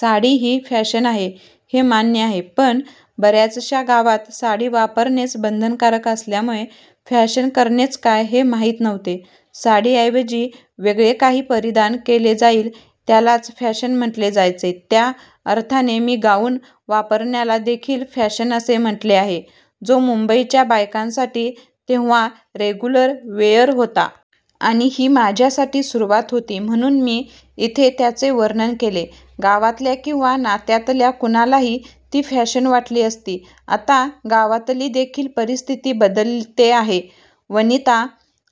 साडी ही फॅशन आहे हे मान्य आहे. पण बऱ्याचशा गावात साडी वापरणेच बंधनकारक असल्यामुळे फॅशन करणेच काय हे माहीत नव्हते. साडी ऐवजी वेगळे काही परिधान केले जाईल त्यालाच फॅशन म्हटले जायचे. त्या अर्थाने मी गाऊन वापरण्याला देखील फॅशन असे म्हटले आहे जो मुंबईच्या बायकांसाठी तेव्हा रेगुलर वेअर होता. आणि ही माझ्यासाठी सुरुवात होती म्हणून मी इथे त्याचे वर्णन केले. गावातल्या किंवा नात्यातल्या कुणालाही ती फॅशन वाटली असती. आत्ता गावातली देखील परिस्थिती बदलते आहे. वनिता,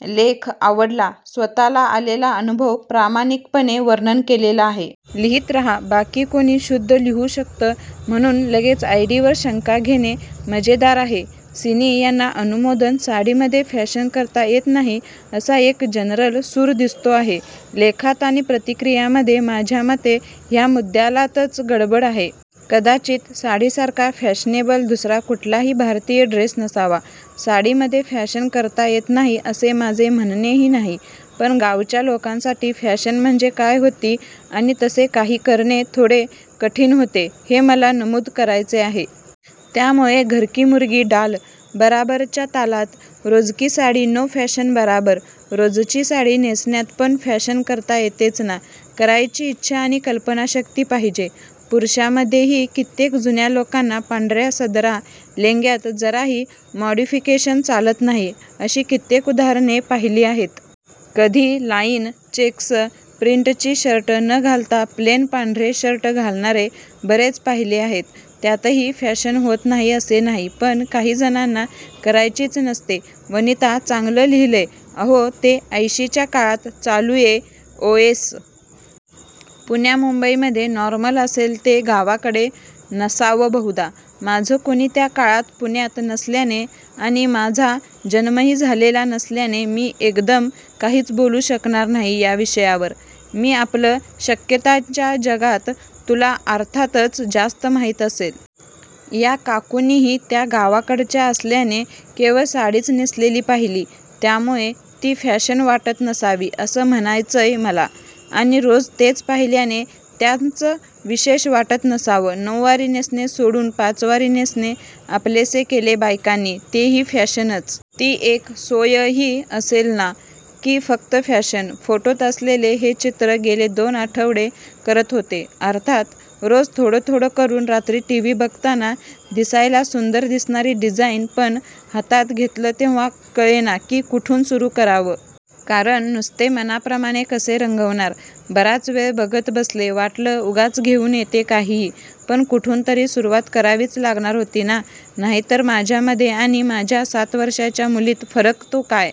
लेख आवडला. स्वतःला आलेला अनुभव प्रामाणिकपणे वर्णन केलेला आहे. लिहीत रहा. बाकी, कुणी शुद्ध लिहू शकतं म्हणून लगेच आयडीवर शंका घेणे? मजेदार आहे. सिनि यांना अनुमोदन. साडीमधे फॅशन करता येत नाही असा एक जनरल सूर दिसतो आहे लेखात आणि प्रतिक्रियांमधे. माझ्या मते ह्या मुद्दलातच गडबड आहे. कदाचित साडीसारखा फॅशनेबल दुसरा कुठलाही भारतीय ड्रेस नसावा. साडीमध्ये फॅशन करता येत नाही असे माझे म्हणणे नाही. पण गावाच्या लोकांसाठी फॅशन म्हणजे काय होती आणि तसे काही करणे थोडे कठीण होते हे मला नमूद करायचे आहे. त्यामुळे घरकी मुर्गी डाल बराबर च्या तालात रोजकी साडी नो फॅशन बराबर. रोजची साडी नेसण्यात पण फॅशन करता येतेच ना. करायची इच्छा आणि कल्पनाशक्ती पाहिजे. पुरुषांमध्येही कित्येक जुन्या लोकांना पांढऱ्या सदरा लेंग्यात जराही मॉडिफिकेशन चालत नाही अशी कित्येक उदाहरणे पाहिली आहेत. कधी लाईन, चेक्स, प्रिंटची शर्टे न घालता प्लेन पांढरे शर्ट घालणारे बरेच पाहिले आहेत. त्यातही फॅशन होत नाही असे नाही, पण काही जणांना करायचीच नसते. वनिता, चांगलं लिहिलंय. अहो ते ऐंशीच्या काळात चालूये ओयेस! पुण्या मुंबईमधे नॉर्मल असेल ते. गावाकडे नसावं बहुधा! माझं कोणी त्या काळात पुण्यात नसल्याने आणि माझा जन्मही झालेला नसल्याने मी एकदम काहीच बोलू शकणार नाही या विषयावर. मी आपलं शक्यतांच्या जगात! तुला अर्थातच जास्त माहीत असेल. या काकूंनीही त्या गावाकडच्या असल्याने केवळ साडीच नेसलेली पाहिली त्यामुळे ती फॅशन वाटत नसावी असं म्हणायचंय मला. आणि रोज तेच पाहिल्याने त्याचं विशेष वाटत नसावं. नऊवारी नेसणे सोडून पाचवारी नेसणे आपलेसे केले बायकांनी ती ही फॅशनच. ती एक सोयही असेल ना? की फक्त फॅशन? फोटोत असलेलं हे चित्र गेले दोन आठवडे करत होते, अर्थात रोज थोडं थोडं करून रात्री टीव्ही बघताना. दिसायला सुंदर दिसणारी डिझाईन पण, हातात घेतलं तेव्हा कळेना की कुठून सुरू करावं. कारण नुसते मनाप्रमाणे कसे रंगवणार? बराच वेळ बघत बसले वाटलं उगाच घेऊन येते काहीही. पण कुठून तरी सुरुवात करावीच लागणार होती ना? नाहीतर माझ्यामध्ये आणि माझ्या सात वर्षाच्या मुलीत फरक तो काय?